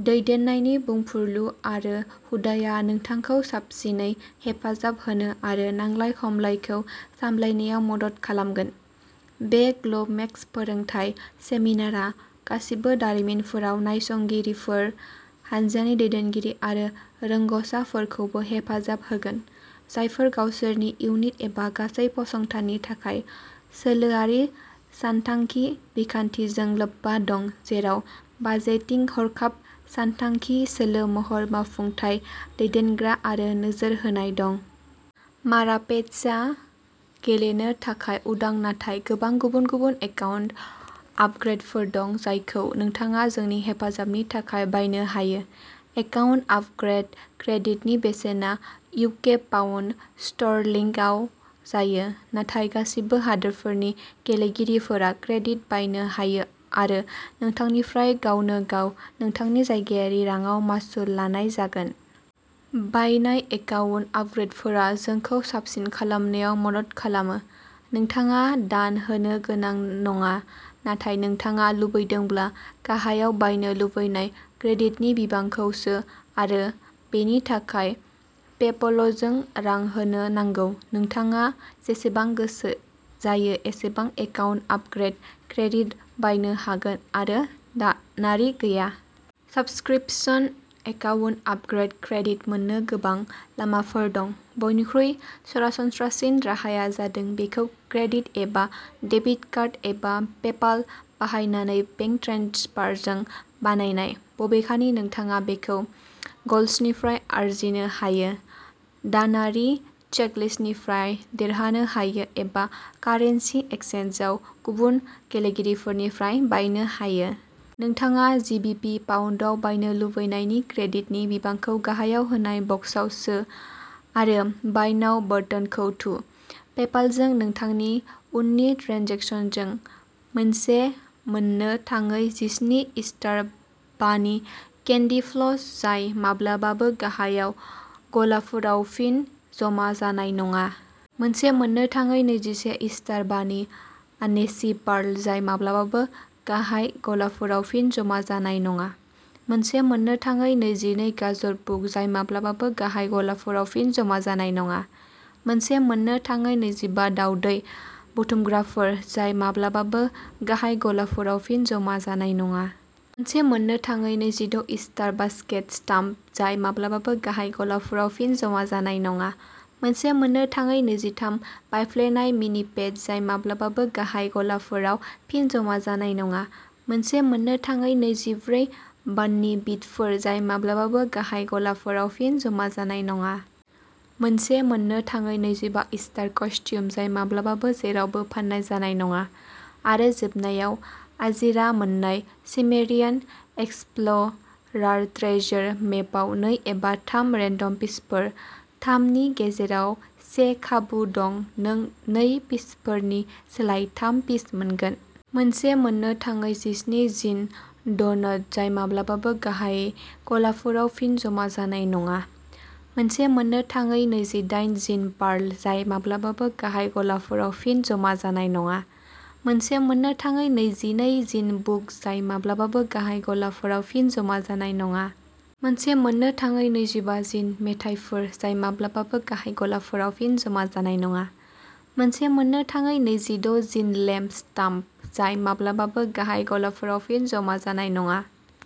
दैदेननायनि बुंफुरलु आरो हुदाया नोंथांखौ साबसिनै हेफाजाब होनो आरो नांलाय खमलायखौ सामलायनायाव मदद खालामगोन। बे ग्ल'मेक्स फोरोंथाय सेमिनारआ गासिबो दारिमिनफोराव नायसंगिरिफोर, हानजानि दैदेनगिरि आरो रोंग'सारफोरखौबो हेफाजाब होगोन, जायफोरा गावसोरनि इउनिट एबा गासै फसंथाननि थाखाय सोलोआरि सानथांखि बिखान्थिजों लोब्बा दं, जेराव बाजेटिं, हरखाब सानथांखि, सोलो महर, मावफुंथाय, दैदेनग्रा आरो नोजोर होनाय दं। मारापेट्सआ गेलेनो थाखाय उदां नाथाय गोबां गुबुन गुबुन एकाउन्ट आपग्रेदफोर दं, जायखौ नोंथाङा जोंनि हेफाजाबनि थाखाय बायनो हायो। एकाउन्ट आपग्रेद क्रेडिटनि बेसेना इउके पाउन्द स्टर्लिंग आव जायो, नाथाय गासिबो हादोरफोरनि गेलेगिरिफोरा क्रेडिट बायनो हायो आरो नोंथांनिफ्राय गावनो गाव नोंथांनि जायगायारि रांआव मासुल लानाय जागोन। बायनाय एकाउन्ट आपग्रेदफोरा जोंखौ साबसिन खालामनायाव मदद खालामो। नोंथाङा दान होनो गोनां नङा, नाथाय नोंथाङा लुबैदोंब्ला, गाहायाव बायनो लुबैनाय क्रेडिटनि बिबांखौ सो आरो बेनि थाखाय पेप'लजों रां होनो नांगौ। नोंथाङा जेसेबां गोसो जायो एसेबां एकाउन्ट आपग्रेद क्रेडिट बायनो हागोन आरो दानारि गैया। साब्सक्रिप्शन। एकाउन्ट आपग्रेड्स क्रेडिट मोननो गोबां लामाफोर दं। बयनिख्रुइ सरासनस्रासिन राहाया जादों बेखौ क्रेडिट एबा डेबिट कार्ड एबा पेपाल बाहायनानै बेंक ट्रेन्सफारजों बायनाय। बबेखानि, नोंथाङा बेखौ गल्सनिफ्राय आरजिनो हायो, दानारि चेकलिस्टनिफ्राय देरहानो हायो एबा कारेन्सि एक्सचेन्जआव गुबुन गेलेगिरिफोरनिफ्राय बायनो हायो। नोंथाङा जिबिपि पाउन्डआव बायनो लुबैनायनि क्रेडिटनि बिबांखौ गाहायाव होनाय बक्सआव सो आरो बाय नाउ बाटोनखौ थु। पेपालजों नोंथांनि उननि ट्रेन्जेकसनजों! मोनसे मोननो थाङै जिस्नि इस्टार बानि केन्डि फ्लस जाय माब्लाबाबो गाहाय गलाफोराव फिन जमा जानाय नङा। मोनसे मोननो थाङै नैजिसे इस्टार बानि ओनेसि पार्ल जाय माब्लाबाबो गाहाय गलाफोराव फिन जमा जानाय नङा। मोनसे मोननो थाङै नैजिनै गाजर बुक जाय माब्लाबाबो गाहाय गलाफोराव फिन जमा जानाय नङा। मोनसे मोननो थाङै नैजिबा दावदै बुथुमग्राफोर जाय माब्लाबाबो गाहाय गलाफोराव फिन जमा जानाय नङा। मोनसे मोननो थाङै नैजिद' इस्टार बास्केट स्टाम्प जाय माब्लाबाबो गाहाय गलाफोराव फिन जमा जानाय नङा। मोनसे मोननो थाङै नैजिथाम बायफ्लेनाय मिनिपेट जाय माब्लाबाबो गाहाय गलाफोराव फिन जमा जानाय नङा। मोनसे मोननो थाङै नैजिब्रै बाननि बिटफोर जाय माब्लाबाबो गाहाय गलाफोराव फिन जमा जानाय नङा। मोनसे मोननो थाङै नैजिबा इस्टार कस्टियुम जाय माब्लाबाबो जेरावबो फान्नाय जानाय नङा। आरो जोबनायाव, आजिरा मोननाय सिमेरियान एक्सप्ल'रार ट्रेजार मेपआव नै एबा थाम रेन्डम पिसफोर। थाम नि गेजेराव से खाबु दं नों नै पिसफोरनि सोलायै थाम पिस मोनगोन। मोनसे मोननो थाङै जिस्नि जिन ड'नट जाय माब्लाबाबो गाहाय गलाफोराव फिन जमा जानाय नङा। मोनसे मोननो थाङै नैजिदाइन जिन पार्ल जाय माब्लाबाबो गाहाय गलाफोराव फिन जमा जानाय नङा। मोनसे मोननो थाङै नैजिनै जिन बुक जाय माब्लाबाबो गाहाय गलाफोराव फिन जमा जानाय नङा। मोनसे मोननो थाङै नैजिबा जिन मेथाइफोर जाय माब्लाबाबो गाहाय गलाफोराव फिन जमा जानाय नङा। मोनसे मोननो थाङै नैजिद' जिन लेम्प स्टाम्प जाय माब्लाबाबो गाहाय गलाफोराव फिन जमा जानाय नङा।